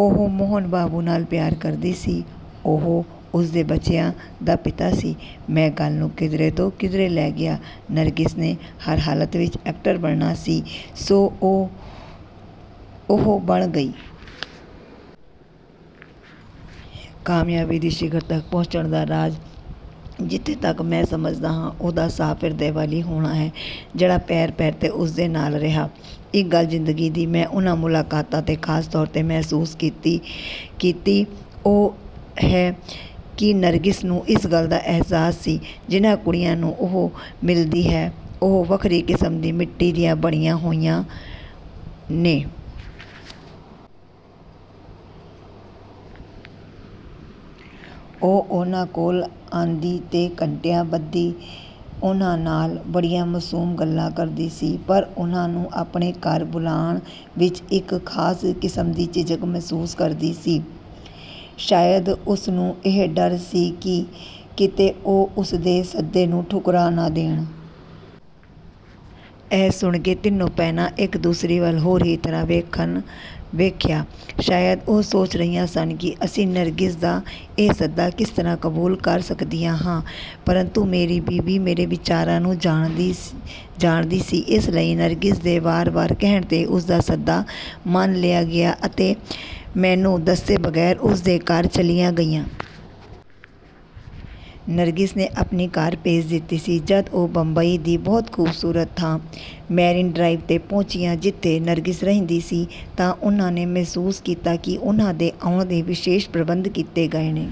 ਉਹ ਮੋਹਨ ਬਾਬੂ ਨਾਲ ਪਿਆਰ ਕਰਦੀ ਸੀ। ਉਹ ਉਸਦੇ ਬੱਚਿਆਂ ਦਾ ਪਿਤਾ ਸੀ। ਮੈਂ ਗੱਲ ਨੂੰ ਕਿੱਧਰੇ ਤੋਂ ਕਿੱਧਰੇ ਲੈ ਗਿਆ। ਨਰਗਿਸ ਨੇ ਹਰ ਹਾਲਤ ਵਿੱਚ ਐਕਟਰਸ ਬਣਨਾ ਸੀ ਸੋ ਉਹ ਬਣ ਗਈ। ਕਾਮਯਾਬੀ ਦੀ ਸਿਖਰ ਤੱਕ ਪਹੁੰਚਣ ਦਾ ਰਾਜ਼ ਜਿੱਥੋਂ ਤੱਕ ਮੈਂ ਸਮਝਦਾ ਹਾਂ ਉਸ ਦਾ ਸਾਫ਼ ਹਿਰਦੇ ਵਾਲੀ ਹੋਣਾ ਹੈ ਜਿਹੜਾ ਪੈਰ ਪੈਰ ਉੱਤੇ ਉਸਦੇ ਨਾਲ ਰਿਹਾ। ਇੱਕ ਗੱਲ ਜ਼ਿੰਦਗੀ ਮੈਂ ਉਨ੍ਹਾਂ ਮੁਲਾਕਾਤਾਂ ਤੋਂ ਖਾਸ ਤੌਰ ਤੇ ਮਹਿਸੂਸ ਕੀਤੀ ਉਹ ਇਹ ਹੈ ਕਿ ਨਰਗਿਸ ਨੂੰ ਇਸ ਗੱਲ ਦਾ ਅਹਿਸਾਸ ਸੀ ਜਿਨ੍ਹਾਂ ਕੁੜੀਆਂ ਨੂੰ ਉਹ ਮਿਲਦੀ ਹੈ ਉਹ ਵੱਖਰੀ ਕਿਸਮ ਦੀ ਮਿੱਟੀ ਦੀਆਂ ਬਣੀਆਂ ਹੋਈਆਂ ਨੇ। ਉਹ ਉਨ੍ਹਾਂ ਕੋਲ ਆਉਂਦੀ ਸੀ ਘੰਟਿਆਂ ਬੱਧੀ ਉਨ੍ਹਾਂ ਨਾਲ ਬੜੀਆਂ ਮਾਸੂਮ ਗੱਲਾਂ ਕਰਦੀ ਸੀ ਪਰ ਉਨ੍ਹਾਂ ਨੂੰ ਆਪਣੇ ਘਰ ਬੁਲਾਉਣ ਵਿੱਚ ਇੱਕ ਖਾਸ ਕਿਸਮ ਦੀ ਝਿਜਕ ਮਹਿਸੂਸ ਕਰਦੀ ਸੀ। ਸ਼ਾਇਦ ਉਸਨੂੰ ਇਹ ਡਰ ਸੀ ਕਿ ਕਿਤੇ ਉਹ ਉਸਦੇ ਸੱਦੇ ਨੂੰ ਠੁਕਰਾ ਨਾ ਦੇਣ। ਇਹ ਸੁਣ ਕੇ ਤਿੰਨੋਂ ਭੈਣਾਂ ਨੇ ਇੱਕ ਦੂਜੀ ਵੱਲ ਹੋਰ ਹੀ ਤਰ੍ਹਾਂ ਵੇਖਿਆ। ਸ਼ਾਇਦ ਉਹ ਸੋਚ ਰਹੀਆਂ ਸਨ ਕਿ ਅਸੀਂ ਨਰਗਿਸ ਦਾ ਇਹ ਸੱਦਾ ਕਿਸ ਤਰ੍ਹਾਂ ਕਬੂਲ ਕਰ ਸਕਦੀਆਂ ਹਾਂ। ਪ੍ਰੰਤੂ ਮੇਰੀ ਬੀਵੀ ਮੇਰੇ ਵਿਚਾਰਾਂ ਨੂੰ ਜਾਣਦੀ ਸੀ ਇਸ ਲਈ ਨਰਗਿਸ ਦੇ ਵਾਰ ਵਾਰ ਕਹਿਣ ਤੇ ਉਸਦਾ ਸੱਦਾ ਮੰਨ ਲਿਆ ਗਿਆ ਅਤੇ ਮੈਨੂੰ ਦੱਸੇ ਬਿਨਾਂ ਉਸਦੇ ਘਰ ਚਲੀਆਂ ਗਈਆਂ। ਨਰਗਿਸ ਨੇ ਆਪਣੀ ਕਾਰ ਭੇਜ ਦਿੱਤੀ ਸੀ। ਜਦੋਂ ਉਹ ਬੰਬਈ ਦੀ ਬਹੁਤ ਖੂਬਸੂਰਤ ਥਾਂ ਮੈਰਿਨ ਡਰਾਈਵ ਤੇ ਪਹੁੰਚੀਆਂ ਜਿੱਥੇ ਨਰਗਿਸ ਰਹਿੰਦੀ ਸੀ ਤਾਂ ਉਨ੍ਹਾਂ ਨੇ ਮਹਿਸੂਸ ਕੀਤਾ ਕਿ ਉਨ੍ਹਾਂ ਦੇ ਆਉਣ ਤੇ ਵਿਸ਼ੇਸ਼ ਪ੍ਰਬੰਧ ਕੀਤੇ ਗਏ ਨੇ।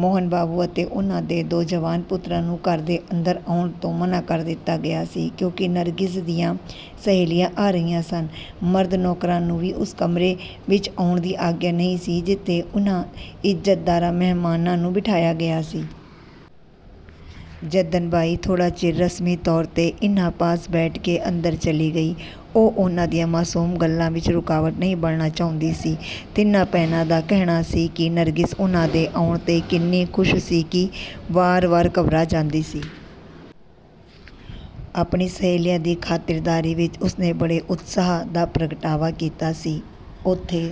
ਮੋਹਨ ਬਾਬੂ ਅਤੇ ਉਸ ਦੇ ਦੋ ਜਵਾਨ ਪੁੱਤਰਾਂ ਨੂੰ ਘਰ ਦੇ ਅੰਦਰ ਆਉਣ ਤੋਂ ਮਨ੍ਹਾ ਕਰ ਦਿੱਤਾ ਗਿਆ ਸੀ ਕਿਉਂਕਿ ਨਰਗਿਸ ਦੀਆਂ ਸਹੇਲੀਆਂ ਆ ਰਹੀਆਂ ਸਨ। ਮਰਦ ਨੌਕਰਾਂ ਨੂੰ ਵੀ ਉਸ ਕਮਰੇ ਵਿੱਚ ਆਉਣ ਦੀ ਆਗਿਆ ਨਹੀਂ ਸੀ ਜਿੱਥੇ ਇਹਨਾਂ ਇੱਜ਼ਤਦਾਰ ਮਹਿਮਾਨਾਂ ਨੂੰ ਬਿਠਾਇਆ ਗਿਆ ਸੀ। ਜੱਦਨ ਬਾਈ ਥੋੜ੍ਹਾ ਚਿਰ ਰਸਮੀ ਤੌਰ ਤੇ ਇਨ੍ਹਾਂ ਕੋਲ ਬੈਠ ਕੇ ਅੰਦਰ ਚਲੀ ਗਈ। ਉਹ ਉਨ੍ਹਾਂ ਦੀਆਂ ਮਾਸੂਮ ਗੱਲਾਂ ਵਿੱਚ ਰੁਕਾਵਟ ਨਹੀਂ ਬਣਨਾ ਚਾਹੁੰਦੀ ਸੀ। ਤਿੰਨਾਂ ਭੈਣਾਂ ਦਾ ਕਹਿਣਾ ਹੈ ਕਿ ਨਰਗਿਸ ਉਨ੍ਹਾਂ ਦੇ ਆਉਣ ਤੇ ਇੰਨੀ ਖੁਸ਼ ਸੀ ਕਿ ਵਾਰ ਵਾਰ ਘਬਰਾ ਜਾਂਦੀ ਸੀ। ਆਪਣੀਆਂ ਸਹੇਲੀਆਂ ਦੀ ਖਾਤਰਦਾਰੀ ਵਿੱਚ ਉਸਨੇ ਬੜੇ ਉਤਸ਼ਾਹ ਦਾ ਪ੍ਰਗਟਾਵਾ ਕੀਤਾ ਸੀ। ਉਥੇ